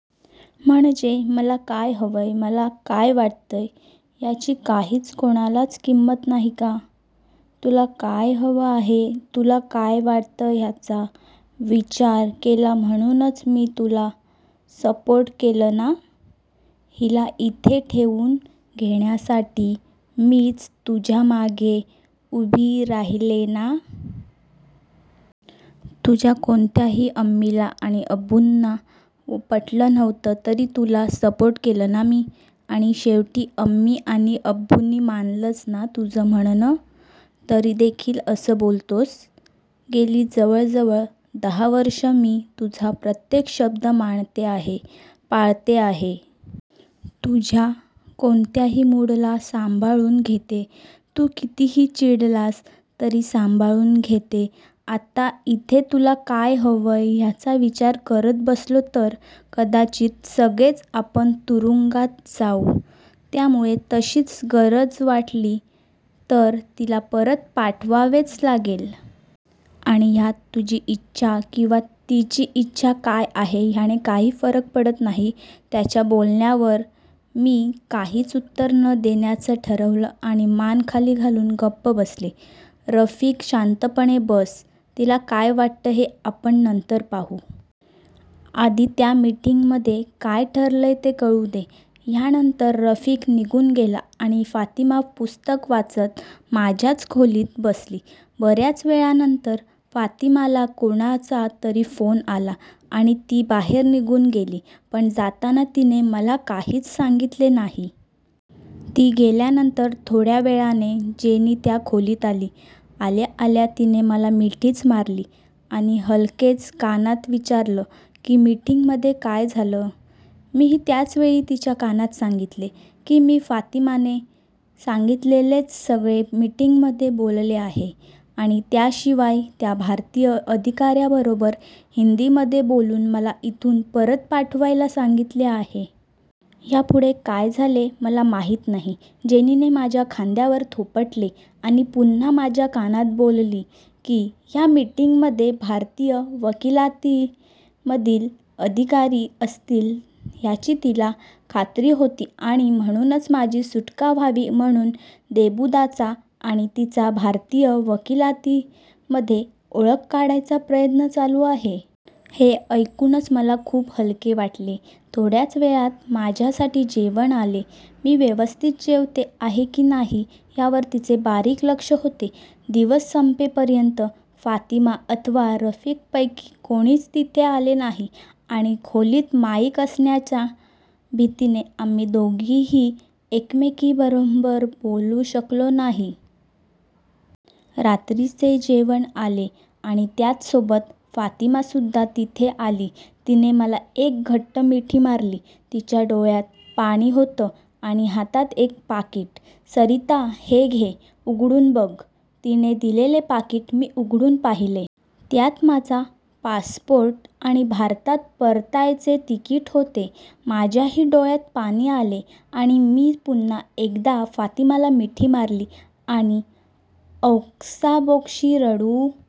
म्हणजे मला काय हवंय मला काय वाटतंय ह्याची काहीच कोणालाच किंमत नाही का? तुला काय हवं आहे तुला काय वाटतं ह्याचा विचार केला म्हणूनच मी तुला सपोर्ट केलं ना? हिला इथे ठेवून घेण्यासाठी मीच तुझ्यामागे उभी राहिले ना? तुझ्या कोणत्याही अम्मीला आणि अब्बूंना पटलं नव्हतं तरी तुला सपोर्ट केलं ना मी. आणि शेवटी अम्मी आणि अब्बूंनी मानलंच ना तुझं म्हणणं. तरीदेखील असं बोलतोस? गेली जवळ जवळ दहा वर्षं मी तुझा प्रत्येक शब्द मानते आहे पाळते आहे. तुझ्या कोणत्याही मूडला सांभाळून घेते. तू कितीही चिडलास तरी सांभाळून घेते. आत्ता इथे तुला काय हवंय ह्याचा विचार करत बसलो तर कदाचित सगळेच आपण तुरुंगात जाऊ. त्यामुळे तशीच गरज वाटली तर तिला परत पाठवावेच लागेल. आणि ह्यात तुझी इच्छा किंवा तिची इच्छा काय आहे ह्याने काही फरक पडत नाही. त्याच्या बोलण्यावर मी काहीच उत्तर न देण्याचं ठरवलं आणि मान खाली घालून गप्प बसले. रफिक शांतपणे बस. तिला काय वाटतं हे आपण नंतर पाहू. आधी त्या मिटिंगमधे काय ठरलंय ते कळू दे. ह्यानंतर रफिक निघून गेला आणि फातिमा पुस्तक वाचत माझ्याच खोलीत बसली. बऱ्याच वेळानंतर फातिमाला कोणाचा तरी फोन आला आणि ती बाहेर निघून गेली. पण जाताना तिने मला काहीच सांगितले नाही. ती गेल्यानंतर थोड्या वेळाने जेनी त्या खोलीत आली. आल्या आल्या तिने मला मिठीच मारली. आणि हलकेच कानात विचारलं की मिटिंगमध्ये काय झालं? मीही त्याच वेळी तिच्या कानात सांगितले की मी फातिमाने सांगितलेलेच सगळे मिटिंगमध्ये बोलले आहे आणि त्याशिवाय त्या भारतीय अधिकाऱ्याबरोबर हिंदीमध्ये बोलून मला इथून परत पाठवायला सांगितले आहे. ह्यापुढे काय झाले मला माहीत नाही. जेनीने माझ्या खांद्यावर थोपटले आणि पुन्हा माझ्या कानात बोलली की ह्या मिटिंगमध्ये भारतीय वकिलातीमधील अधिकारी असतील ह्याची तिला खात्री होती आणि म्हणूनच माझी सुटका व्हावी म्हणून देबूदाचा आणि तिचा भारतीय वकिलातीमध्ये ओळख काढायचा प्रयत्न चालू आहे. हे ऐकूनच मला खूप हलके वाटले. थोड्याच वेळात माझ्यासाठी जेवण आले. मी व्यवस्थित जेवते आहे की नाही ह्यावर तिचे बारीक लक्ष होते. दिवस संपेपर्यंत फातिमा अथवा रफिकपैकी कोणीच तिथे आले नाही. आणि खोलीत माईक असण्याच्या भीतीने आम्ही दोघीही एकमेकींबरोबर बोलू शकलो नाही. रात्रीचे जेवण आले आणि त्याचसोबत फातिमासुद्धा तिथे आली. तिने मला एक घट्ट मिठी मारली. तिच्या डोळ्यात पाणी होतं. आणि हातात एक पाकीट. सरीता, हे घे. उघडून बघ. तिने दिलेले पाकीट मी उघडून पाहिले. त्यात माझा पासपोर्ट आणि भारतात परतायचे तिकीट होते. माझ्याही डोळ्यात पाणी आले आणि मी पुन्हा एकदा फातिमाला मिठी मारली आणि ओक्साबोक्शी रडू